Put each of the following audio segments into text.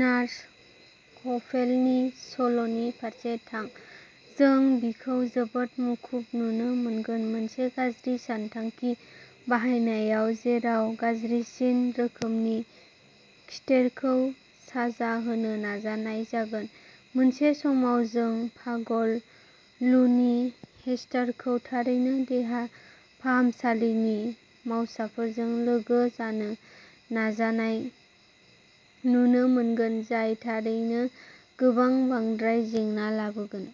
Nurse हफेलनि सल'नि फारसे थां। जों बिखौ जोबोद मुखुब नुनो मोनगोन, मोनसे गाज्रि सानथांखि बाहायनायाव, जेराव गाज्रिसिन रोखोमनि खिथेरखौ साजा होनो नाजानाय जागोन मोनसे समाव, जों पागल, लुनि हेस्टारखौ थारैनो देहा फाहामसालिनि मावसाफोरजों लोगो जानो नाजानाय नुनो मोनगोन, जाय थारैनो गोबां बांद्राय जेंना लाबोगोन।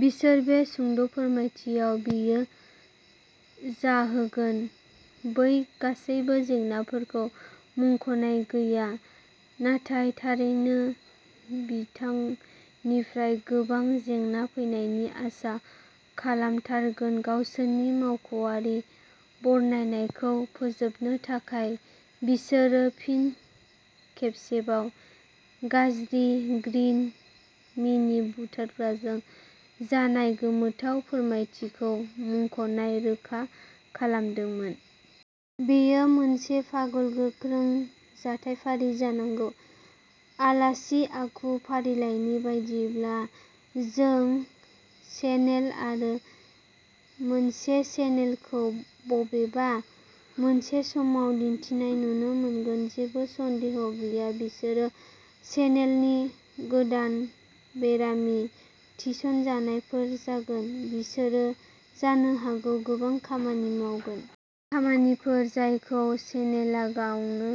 बिसोर बे सुंद' फोरमायथियाव बियो जाहोगोन बै गासैबो जेंनाफोरखौ मुंख'नाय गैया, नाथाय थारैनो बिथांनिफ्राय गोबां जेंना फैनायनि आसा खालामथारगोन। गावसोरनि मावख'आरि बरनायनायखौ फोजोबनो थाखाय, बिसोरो फिन खेबसेबाव, गाज्रि ग्रीन मिनि बुथारग्राजों जानाय गोमोथाव फोरमायथिखौ मुंख'नाय रोखा खालामदोंमोन। बेयो मोनसे पागल, गोख्रों जाथायफारि जानांगौ। आलासि आखु फारिलाइनि बायदिब्ला, जों चेनेल आरो मोनसे चेनेल खौ बबेबा मोनसे समाव दिन्थिनाय नुनो मोनगोन। जेबो सन्देह गैया, बिसोरो चेनेलनि गोदान बेरामि थिसनजानायफोर जागोन। बिसोरो जानो हागौ गोबां खामानि मावगोन। बै खामानिफोर जायखौ शनेलआ गावनो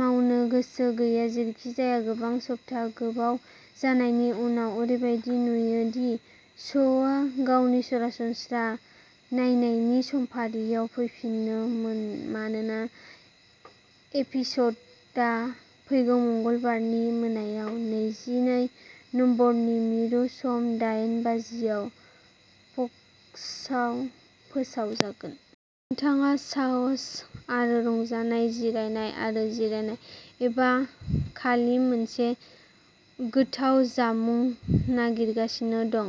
मावनो गोसो गैया। जेरैखिजाया, गोबां सप्ता गोबाव जानायनि उनाव, ओरैबायदि नुयो दि श'आ गावनि सरासनस्रा नायनायनि समफारियाव फैफिनो मानोना एपिसडआ फैगौ मंगलबारनि मोनायाव, नैजिनै नबेम्बरनि मिरु सम दायेन बाजियाव फक्सआव फोसावजागोन। नोंथाङा साहस आरो रंजानाय, जिरायनाय आरो जिरायनाय, एबा खालि मोनसे गोथाव जामुं नागिरगासिनो दं,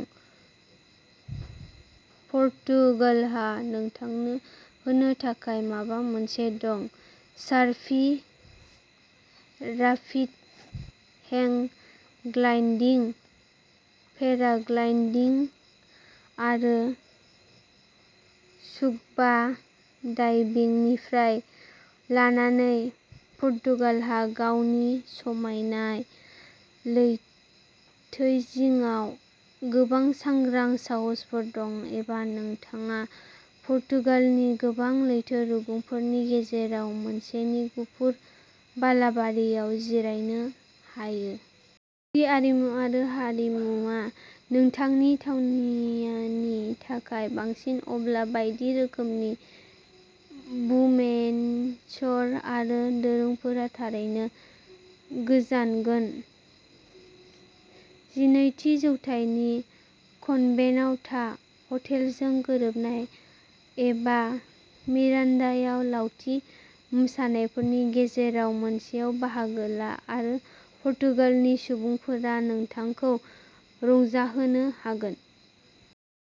पर्तुगालहा नोंथांनो होनो थाखाय माबा मोनसे दं। Surfing, rafting, hang gliding, paragliding आरो स्कुबा डाइभिंनिफ्राय लानानै, पर्तुगालहा गावनि समायना लैथोजिंआव गोबां सांग्रां साहसफोर दं एबा नोंथाङा पर्तुगालनि गोबां लैथो रुगुंफोरनि गेजेराव मोनसेनि गुफुर बालाबारियाव जिरायनो हायो। जुदि आरिमु आरो हारिमुआ नोंथांनि थावनायनि थाखाय बांसिन, अब्ला बायदि रोखोमनि बुमिनसार आरो दोरोंफोरा थारैनो गोजोनगोन। जिनैथि जौथाइनि कन्भेन्टआव था, हटेलजों गोरोबनाय, एबा मिरान्डायाव लावथि मोसानायफोरनि गेजेराव मोनसेयाव बाहागो ला आरो पर्तुगालनि सुबुंफोरा नोंथांखौ रंजाहोनो हागोन।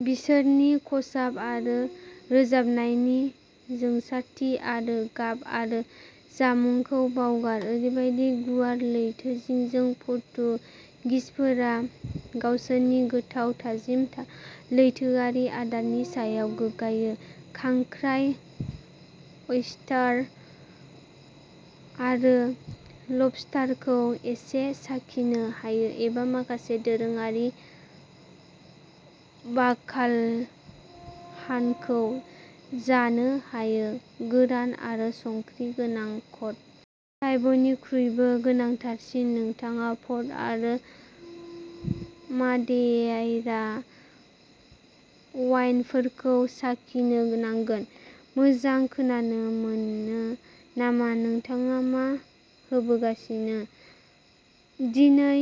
बिसोरनि खसाब आरो रोजाबनायनि जोंसारथि आरो गाब आरो जामुंखौ बावगार ओरैबायदि गुवार लैथोजिंजों, पर्तुगिसफोरा गावसोरनि गोथाव, थाजिम लैथोआरि आदारनि सायाव गोग्गायो। खांख्राय, ऑयस्टार आरो लबस्टारखौ एसे साखिनो हायो एबा माखासे दोरोङारि बाकालहानखौ जानो हायो गोरान आरो संख्रि गोनां कड। नाथाय बयनिख्रुइबो गोनांथारसिन, नोंथाङा पर्ट आरो मादेइरा वाइनफोरखौ साखिनो नांगोन। मोजां खोनानो मोनो नामा? नोंथांखौ मा होबोगासिनो? दिनै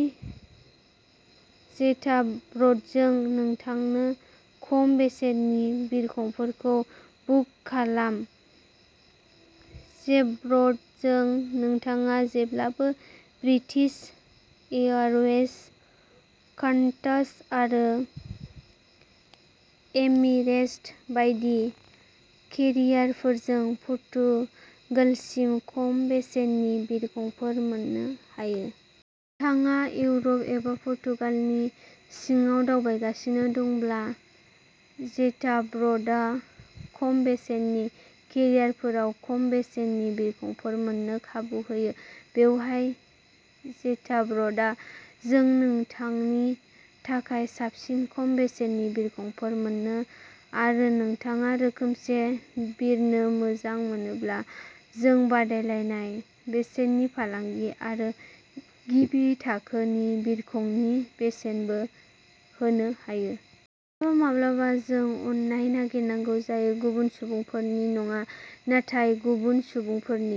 जेटाब्र'डजों नोंथांनो खम बेसेननि बिरखंफोरखौ बुक खालाम जेटाब्र'डजों नोंथाङा जेब्लाबो ब्रिटिश एयारवेज, कान्टास आरो एमिरेटस बायदि केरियारफोरजों पर्तुगालसिम खम बेसेननि बिरखंफोर मोननो हायो। नोंथाङा इउर'प एबा पर्तुगालनि सिङाव दावबायगासिनो दंब्ला, जेटाब्र'डआ खम बेसेननि केरियारफोराव खम बेसेननि बिरखंफोर मोननो खाबु होयो। बेवहाय जेटाब्र'डआव जों नोंथांनि थाखाय साबसिन खम बेसेननि बिरखंफोर मोनो आरो नोंथाङा रोखोमसे बिरनो मोजां मोनोब्ला जों बादायलायनाय बेसेननि फालांगि आरो गिबि थाखोनि बिरखंफोरनि बेसेनबो होनो हायो। माब्लाबा माब्लाबा जों अननाय नागिरनांगौ जायो गुबुन सुबुंफोरनिफ्राय नङा नाथाय गुबुन सुबुंफोरनि